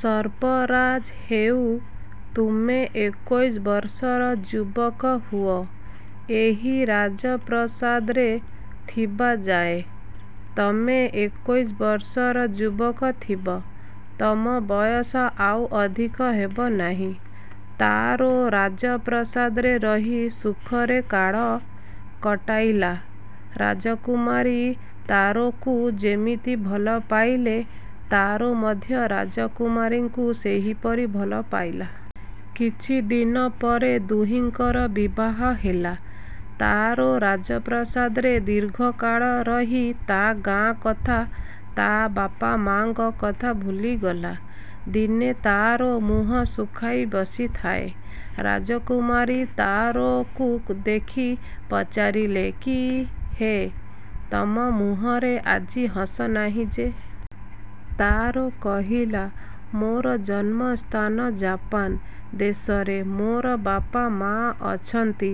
ସର୍ପରାଜ-ହେଉ, ତୁମେ ଏକୋଇଶ ବର୍ଷର ଯୁବକ ହୁଅ। ଏହି ରାଜପ୍ରାସାଦରେ ଥିବାଯାଏ ତମେ ଏକୋଇଶ ବର୍ଷର ଯୁବକ ଥିବ। ତମ ବୟସ ଆଉ ଅଧିକ ହେବ ନାହିଁ। ତାରୋ ରାଜପ୍ରାସାଦରେ ରହି ସୁଖରେ କାଳ କଟାଇଲା। ରାଜକୁମାରୀ ତାରୋକୁ ଯେମିତି ଭଲ ପାଇଲେ, ତାରୋ ମଧ୍ୟ ରାଜକୁମାରୀଙ୍କୁ ସେହିପରି ଭଲ ପାଇଲା। କିଛିଦିନ ପରେ ଦୁହିଁଙ୍କର ବିବାହ ହେଲା। ତାରୋ ରାଜପ୍ରାସାଦରେ ଦୀର୍ଘକାଳ ରହି ତା' ଗାଁ କଥା, ତା' ବାପା ମାଁ'ଙ୍କ କଥା ଭୁଲିଗଲା। ଦିନେ ତାରୋ ମୁହଁ ଶୁଖାଇ ବସିଥାଏ। ରାଜକୁମାରୀ ତାରୋକୁ ଦେଖି ପଚାରିଲେ-କି ହୋ! ତମ ମୁହଁରେ ଆଜି ହସ ନାହିଁ ଯେ! ତାରୋ କହିଲା-ମୋର ଜନ୍ମସ୍ଥାନ ଜାପାନ ଦେଶରେ। ମୋର ବାପା ମା' ଅଛନ୍ତି।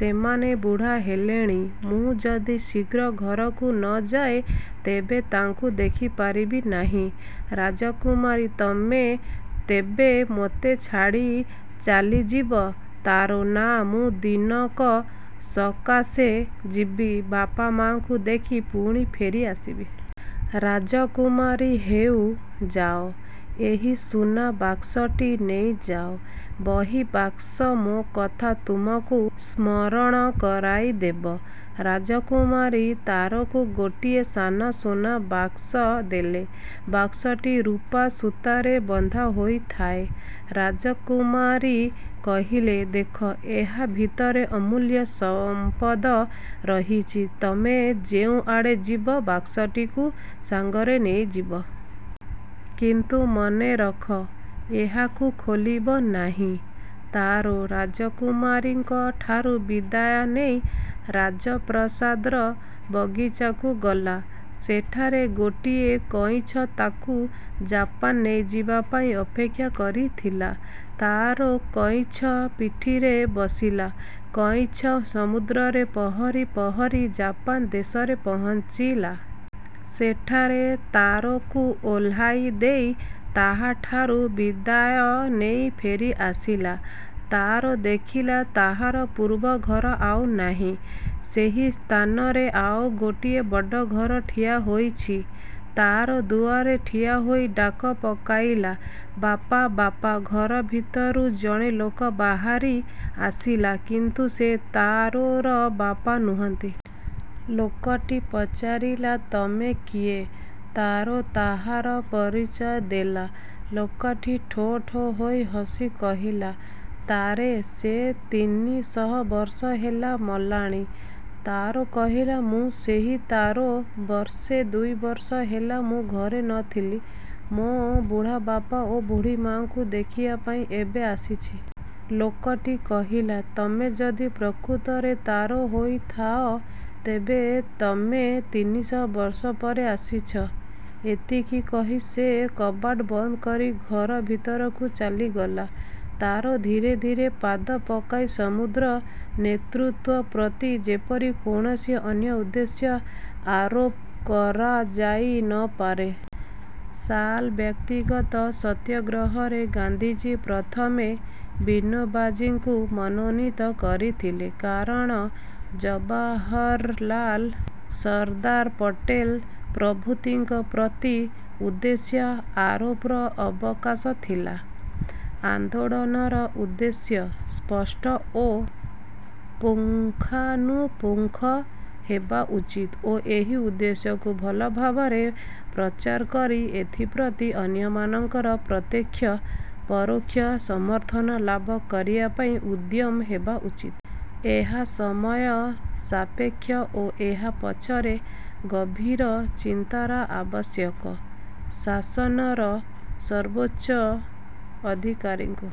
ସେମାନେ ବୁଢ଼ା ହେଲେଣି। ମୁଁ ଯଦି ଶୀଘ୍ର ଘରକୁ ନ ଯାଏ ତେବେ ତାଙ୍କୁ ଦେଖିପାରିବି ନାହିଁ। ରାଜକୁମାରୀ-ତମେ ତେବେ ମୋତେ ଛାଡ଼ି ଚାଲିଯିବ? ତାରୋ-ନାଁ, ମୁଁ ଦିନକ ସକାଶେ ଯିବି। ବାପା ମା'ଙ୍କୁ ଦେଖି ପୁଣି ଫେରି ଆସିବି। ରାଜକୁମାରୀ-ହେଉ, ଯାଅ। ଏହି ସୁନା ବାକ୍ସଟି ନେଇଯାଅ। ବହି ବାକ୍ସ ମୋ କଥା ତୁମକୁ ସ୍ମରଣ କରାଇଦେବ। ରାଜକୁମାରୀ ତାରୋକୁ ଗୋଟିଏ ସାନ ସୁନାର ବାକ୍ସ ଦେଲେ। ବାକ୍ସଟି ରୂପା ସୂତାରେ ବନ୍ଧା ହୋଇଥାଏ। ରାଜକୁମାରୀ କହିଲେ-ଦେଖ! ଏହା ଭିତରେ ଅମୂଲ୍ୟ ସମ୍ପଦ ରହିଛି। ତମେ ଯେଉଁଆଡ଼େ ଯିବ, ବାକ୍ସଟିକୁ ସାଙ୍ଗରେ ନେଇଯିବ। କିନ୍ତୁ ମନେରଖ, ଏହାକୁ ଖୋଲିବ ନାହିଁ। ତାରୋ ରାଜକୁମାରୀଙ୍କ ଠାରୁ ବିଦାୟ ନେଇ ରାଜପ୍ରାସାଦର ବଗିଚାକୁ ଗଲା। ସେଠାରେ ଗୋଟିଏ କଇଁଛ ତାକୁ ଜାପାନ ନେଇଯିବା ପାଇଁ ଅପେକ୍ଷା କରିଥିଲା। ତାରୋ କଇଁଛ ପିଠିରେ ବସିଲା। କଇଁଛ ସମୁଦ୍ରରେ ପହଁରି ପହଁରି ଜାପାନ ଦେଶରେ ପହଞ୍ଚିଲା। ସେଠାରେ ତାରୋକୁ ଓହ୍ଲାଇ ଦେଇ ତାହାଠାରୁ ବିଦାୟ ନେଇ ଫେରି ଆସିଲା। ତାରୋ ଦେଖିଲା ତାହାର ପୂର୍ବ ଘର ଆଉ ନାହିଁ। ସେହି ସ୍ଥାନରେ ଆଉ ଗୋଟିଏ ବଡ଼ ଘର ଠିଆ ହୋଇଛି। ତାରୋ ଦୁଆରେ ଠିଆ ହୋଇ ଡାକ ପକାଇଲା-ବାପା, ବାପା! ଘର ଭିତରୁ ଜଣେ ଲୋକ ବାହାରି ଆସିଲା, କିନ୍ତୁ ସେ ତାରୋର ବାପା ନୁହନ୍ତି। ଲୋକଟି ପଚାରିଲା-ତମେ କିଏ? ତାରୋ ତାହାର ପରିଚୟ ଦେଲା। ଲୋକଟି ଠୋ ଠୋ ହୋଇ ହସି କହିଲା-ତାରୋ! ସେ ତିନିଶହ ବର୍ଷ ହେଲା ମଲାଣି। ତାରୋ କହିଲା-ମୁଁ ସେହି ତାରୋ। ବର୍ଷେ ଦୁଇବର୍ଷ ହେଲା ମୁଁ ଘରେ ନ ଥିଲି। ମୋ ବୁଢ଼ାବାପା ଓ ବୁଢ଼ୀମା'ଙ୍କୁ ଦେଖିବା ପାଇଁ ଏବେ ଆସିଛି। ଲୋକଟି କହିଲା- ତମେ ଯଦି ପ୍ରକୃତରେ ତାରୋ ହୋଇଥାଅ, ତେବେ ତମେ ତିନିସହ ବର୍ଷ ପରେ ଆସିଛ। ଏତିକି କହି ସେ କବାଟ ବନ୍ଦ କରି ଘର ଭିତରକୁ ଚାଲିଗଲା। ତାରୋ ଧୀରେ ଧୀରେ ପାଦ ପକାଇ ସମୁଦ୍ର। ନେତୃତ୍ୱ ପ୍ରତି ଯେପରି କୌଣସି ଅନ୍ୟ ଉଦ୍ଦେଶ୍ୟ ଆରୋପ କରାଯାଇ ନ ପାରେ। ସାଲ ବ୍ୟକ୍ତିଗତ ସତ୍ୟାଗ୍ରହରେ ଗାନ୍ଧିଜୀ ପ୍ରଥମେ ବିନୋବାଜୀଙ୍କୁ ମନୋନୀତ କରିଥିଲେ। କାରଣ ଜବାହରଲାଲ, ସର୍ଦ୍ଦାର ପଟେଲ ପ୍ରଭୃତିଙ୍କ ପ୍ରତି ଉଦ୍ଦେଶ୍ୟ ଆରୋପର ଅବକାଶ ଥିଲା। ଆନ୍ଦୋଳନର ଉଦ୍ଦେଶ୍ୟ ସ୍ପଷ୍ଟ ଓ ପୁଙ୍ଖାନୁପୁଙ୍ଖ ହେବା ଉଚିତ ଓ ଏହି ଉଦ୍ଦେଶ୍ୟକୁ ଭଲଭାବରେ ପ୍ରଚାର କରି ଏଥିପ୍ରତି ଅନ୍ୟମାନଙ୍କର ପ୍ରତ୍ୟକ୍ଷ ପରୋକ୍ଷ ସମର୍ଥନ ଲାଭ କରିବା ପାଇଁ ଉଦ୍ୟମ ହେବା ଉଚିତ। ଏହା ସମୟ ସାପେକ୍ଷ ଓ ଏହା ପଛରେ ଗଭୀର ଚିନ୍ତାର ଆବଶ୍ୟକ। ଶାସନର ସର୍ବୋଚ୍ଚ ଅଧିକାରୀଙ୍କୁ